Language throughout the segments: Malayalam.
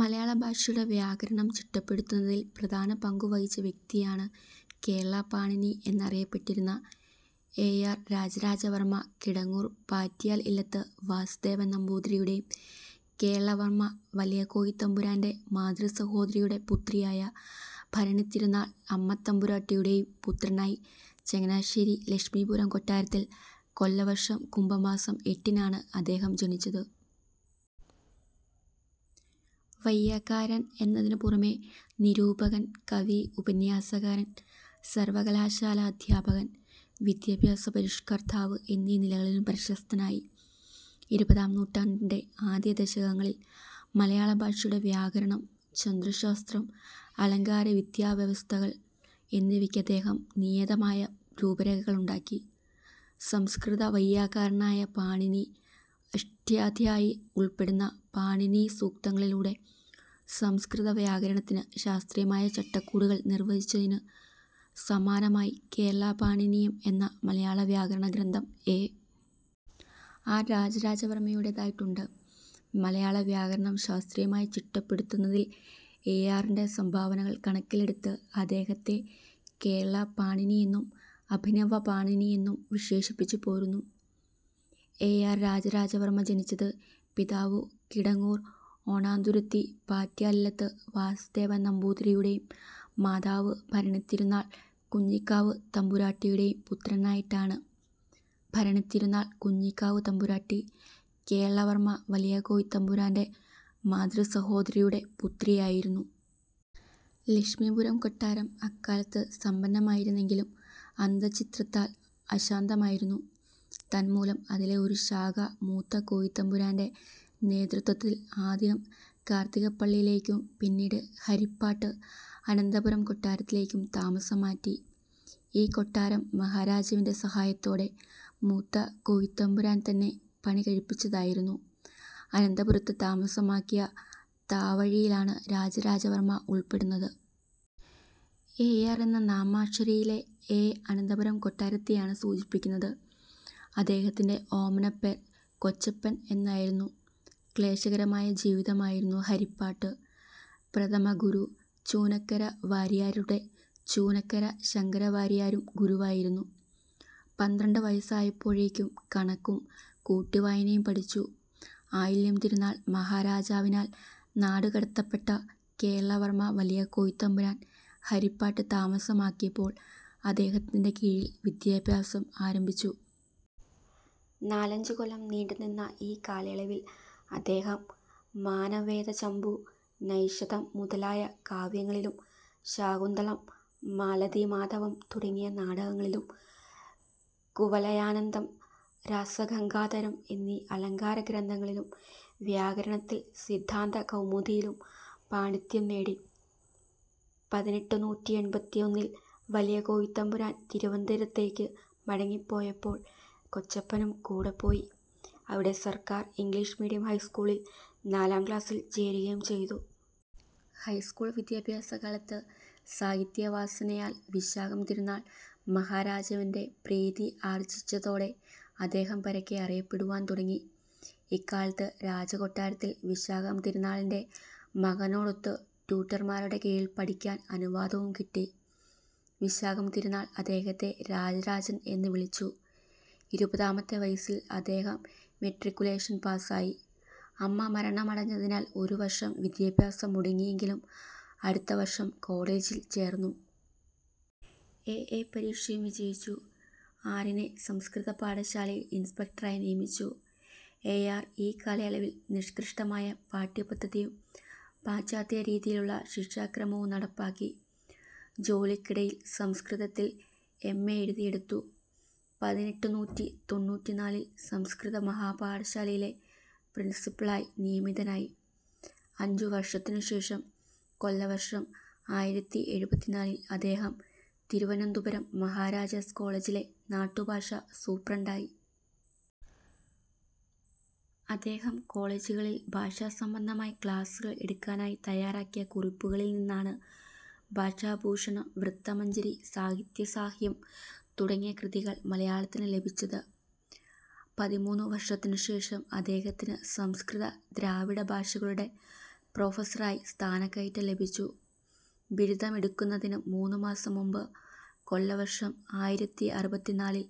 മലയാള ഭാഷയുടെ വ്യാകരണം ചിട്ടപ്പെടുത്തുന്നതിൽ പ്രധാന പങ്കുവഹിച്ച വ്യക്തിയാണ് കേരള പാണിനി എന്ന് അറിയപ്പെട്ടിരുന്ന എ. ആർ. രാജരാജവർമ്മ കിടങ്ങൂർ പാറ്റിയാൽ ഇല്ലത്ത് വാസുദേവൻ നമ്പൂതിരിയുടേയും കേരളവർമ്മ വലിയ കോയിത്തമ്പുരാൻ്റെ മാതൃസഹോദരിയുടെ പുത്രിയായ ഭരണിതിരുനാൾ അമ്മത്തമ്പുരാട്ടിയുടേയും പുത്രനായി ചങ്ങനാശ്ശേരി ലക്ഷ്മീപുരം കൊട്ടാരത്തിൽ കൊല്ലവർഷം കുംഭമാസം എട്ടിനാണ് അദ്ദേഹം ജനിച്ചത്. വൈയാകാരൻ എന്നതിനുപുറമേ, നിരൂപകൻ, കവി, ഉപന്യാസകാരൻ, സർവകലാശാലാ അധ്യാപകൻ, വിദ്യഭ്യാസ പരിഷ്കർത്താവ് എന്നീ നിലകളിലും പ്രശസ്തനായി. ഇരുപതാം നൂറ്റാണ്ടിൻ്റെ ആദ്യദശകങ്ങളിൽ മലയാളഭാഷയുടെ വ്യാകരണം, ഛന്ദശാസ്ത്രം, അലങ്കാരാദിവ്യവസ്ഥകൾ എന്നിവയ്ക്ക് അദ്ദേഹം നിയതമായ രൂപരേഖകളുണ്ടാക്കി. സംസ്കൃതവൈയാകരണനായ പാണിനി അഷ്ടാധ്യായി ഉൾപ്പെടുന്ന പാണിനീസൂക്തങ്ങളിലൂടെ സംസ്കൃതവ്യാകരണത്തിന് ശാസ്ത്രീയമായ ചട്ടക്കൂടുകൾ നിർവചിച്ചതിന് സമാനമായി കേരളപാണിനീയം എന്ന മലയാളവ്യാകരണ ഗ്രന്ഥം എ. ആർ. രാജരാജവർമ്മയുടേതായിട്ടുണ്ട്. മലയാളവ്യാകരണം ശാസ്ത്രീയമായി ചിട്ടപ്പെടുത്തുന്നതിൽ എ. ആറിൻ്റെ സംഭാവനകൾ കണക്കിലെടുത്ത് അദ്ദേഹത്തെ കേരളപാണിനി എന്നും അഭിനവപാണിനി എന്നും വിശേഷിപ്പിച്ചുപോരുന്നു.എ. ആർ. രാജരാജവർമ്മ ജനിച്ചത് പിതാവ് കിടങ്ങൂർ ഓണന്തുരുത്തി പാറ്റിയാൽ ഇല്ലത്ത് വാസുദേവൻ നമ്പൂതിരിയുടെയും മാതാവ് ഭരണിതിരുനാൾ കുഞ്ഞിക്കാവ് തമ്പുരാട്ടിയുടെയും പുത്രനായിട്ടാണ്. ഭരണിതിരുനാൾ കുഞ്ഞിക്കാവ് തമ്പുരാട്ടി കേരളവർമ്മ വലിയ കോയിത്തമ്പുരാൻ്റെ മാതൃസഹോദരിയുടെ പുത്രിയായിരുന്നു. ലക്ഷ്മീപുരം കൊട്ടാരം അക്കാലത്ത് സമ്പന്നമായിരുന്നെങ്കിലും അന്തഃച്ഛിദ്രത്താൽ അശാന്തമായിരുന്നു. തന്മൂലം അതിലെ ഒരു ശാഖ മൂത്ത കോയിത്തമ്പുരാൻ്റെ നേതൃത്വത്തിൽ ആദ്യം കാർത്തികപ്പള്ളിയിലേക്കും പിന്നീട് ഹരിപ്പാട്ട് അനന്തപുരം കൊട്ടാരത്തിലേക്കും താമസം മാറ്റി. ഈ കൊട്ടാരം മഹാരാജവിൻ്റെ സഹായത്തോടെ മൂത്ത കോയിത്തമ്പുരാൻ തന്നെ പണി കഴിപ്പിച്ചതായിരുന്നു. അനന്തപുരത്ത് താമസമാക്കിയ താവഴിയിലാണ് രാജരാജവർമ്മ ഉൾപ്പെടുന്നത്. എ. ആർ. എന്ന നാമാക്ഷരിയിലെ എ അനന്തപുരം കൊട്ടാരത്തെയാണ് സൂചിപ്പിക്കുന്നത്. അദ്ദേഹത്തിൻ്റെ ഓമനപ്പേർ കൊച്ചപ്പൻ എന്നായിരുന്നു. ക്ലേശകരമായ ജീവിതമായിരുന്നു ഹരിപ്പാട്ട്. പ്രഥമഗുരു ചുനക്കര വാര്യാരുടെ. ചുനക്കര ശങ്കരവാര്യാരും ഗുരുവായിരുന്നു. പന്ത്രണ്ട് വയസ്സായപ്പോഴേക്കും കണക്കും കൂട്ടിവായനയും പഠിച്ചു. ആയില്യം തിരുനാൾ മഹാരാജാവിനാൽ നാടുകടത്തപ്പെട്ട കേരളവർമ്മ വലിയ കോയിത്തമ്പുരാൻ ഹരിപ്പാട്ട് താമസമാക്കിയപ്പോൾ അദ്ദേഹത്തിൻ്റെ കീഴിൽ വിദ്യാഭ്യാസം ആരംഭിച്ചു. നാലഞ്ചുകൊല്ലം നീണ്ടുനിന്ന ഈ കാലയളവിൽ അദ്ദേഹം മാനവേദചമ്പു, നൈഷധം മുതലായ കാവ്യങ്ങളിലും ശാകുന്തളം, മാലതീമാധവം തുടങ്ങിയ നാടകങ്ങളിലും കുവലയാനന്ദം, രസഗംഗാധരം എന്നീ അലങ്കാരഗ്രന്ഥങ്ങളിലും വ്യാകരണത്തിൽ സിദ്ധാന്തകൗമുദിയിലും പാണ്ഡിത്യം നേടി. പതിനെട്ടുനൂറ്റി എൺപത്തിയൊന്നിൽ വലിയ കോയിത്തമ്പുരാൻ തിരുവന്തപുരത്തേക്ക് മടങ്ങിയപ്പോൾ കൊച്ചപ്പനും കൂടെ പോയി. അവിടെ സർക്കാർ ഇംഗ്ലീഷ് മീഡിയം ഹൈസ്കൂളിൽ നാലാം ക്ലാസിൽ ചേരുകയും ചെയ്തു. ഹൈസ്കൂൾ വിദ്യാഭ്യാസകാലത്ത് സാഹിത്യവാസനയാൽ വിശാഖം തിരുനാൾ മഹാരാജാവിൻ്റെ പ്രീതിയാർജിച്ചതോടെ അദ്ദേഹം പരക്കെ അറിയപ്പെടുവാൻ തുടങ്ങി. ഇക്കാലത്ത് രാജകൊട്ടാരത്തിൽ വിശാഖം തിരുനാളിൻ്റെ മകനോടൊത്ത് ട്യൂട്ടർമാരുടെ കീഴിൽ പഠിക്കാൻ അനുവാദവും കിട്ടി. വിശാഖം തിരുനാൾ അദ്ദേഹത്തെ രാജരാജൻ എന്ന് വിളിച്ചു. ഇരുപതാമത്തെ വയസ്സിൽ അദ്ദേഹം മെട്രിക്കുലേഷൻ പാസായി. അമ്മ മരണമടഞ്ഞതിനാൽ ഒരുവർഷം വിദ്യാഭ്യാസം മുടങ്ങിയെങ്കിലും അടുത്തവർഷം കോളേജിൽ ചേർന്നു. എ. എ. പരീക്ഷയും വിജയിച്ചു. ആറിനെ സംസ്കൃത പാഠശാലയിൽ ഇൻസ്പെക്ടറായി നിയമിച്ചു. എ. ആർ. ഈ കാലയളവിൽ നിഷ്കൃഷ്ടമായ പാഠ്യപദ്ധതിയും പാശ്ചാത്യരീതിയിലുള്ള ശിക്ഷാക്രമവും നടപ്പാക്കി. ജോലിക്കിടയിൽ സംസ്കൃതത്തിൽ എം. എ. എഴുതിയെടുത്തു. പതിനെട്ടുനൂറ്റി തൊണ്ണൂറ്റിനാലിൽ സംസ്കൃത മഹാപാഠശാലയിലെ പ്രിൻസിപ്പളായി നിയമിതനായി. അഞ്ചുവർഷത്തിനുശേഷം, കൊല്ലവർഷം ആയിരത്തി എഴുപത്തിനാലിൽ അദ്ദേഹം തിരുവനന്തപുരം മഹാരാജാസ് കോളേജിലെ നാട്ടുഭാഷാ സൂപ്രണ്ടായി. അദ്ദേഹം കോളേജുകളിൽ ഭാഷാസംബന്ധമായി ക്ലാസുകൾ എടുക്കാനായി തയ്യാറാക്കിയ കുറിപ്പുകളിൽ നിന്നാണ് ഭാഷാഭൂഷണം, വൃത്തമഞ്ജരി, സാഹിത്യസാഹ്യം തുടങ്ങിയ കൃതികൾ മലയാളത്തിന് ലഭിച്ചത്. പതിമൂന്ന് വർഷത്തിനുശേഷം അദ്ദേഹത്തിന് സംസ്കൃത ദ്രാവിഡ ഭാഷകളുടെ പ്രൊഫസറായി സ്ഥാനക്കയറ്റം ലഭിച്ചു. ബിരുദമെടുക്കുന്നതിന് മൂന്നുമാസം മുമ്പ് കൊല്ലവർഷം ആയിരത്തി അറുപത്തിനാലിൽ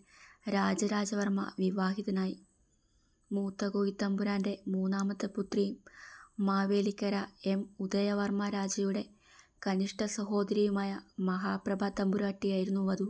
രാജരാജവർമ്മ വിവാഹിതനായി. മൂത്ത കോയിത്തമ്പുരാൻ്റെ മൂന്നാമത്തെ പുത്രിയും മാവേലിക്കര എം. ഉദയവർമ്മരാജായുടെ കനിഷ്ഠസഹോദരിയുമായ മഹാപ്രഭ തമ്പുരാട്ടിയായിരുന്നു വധു.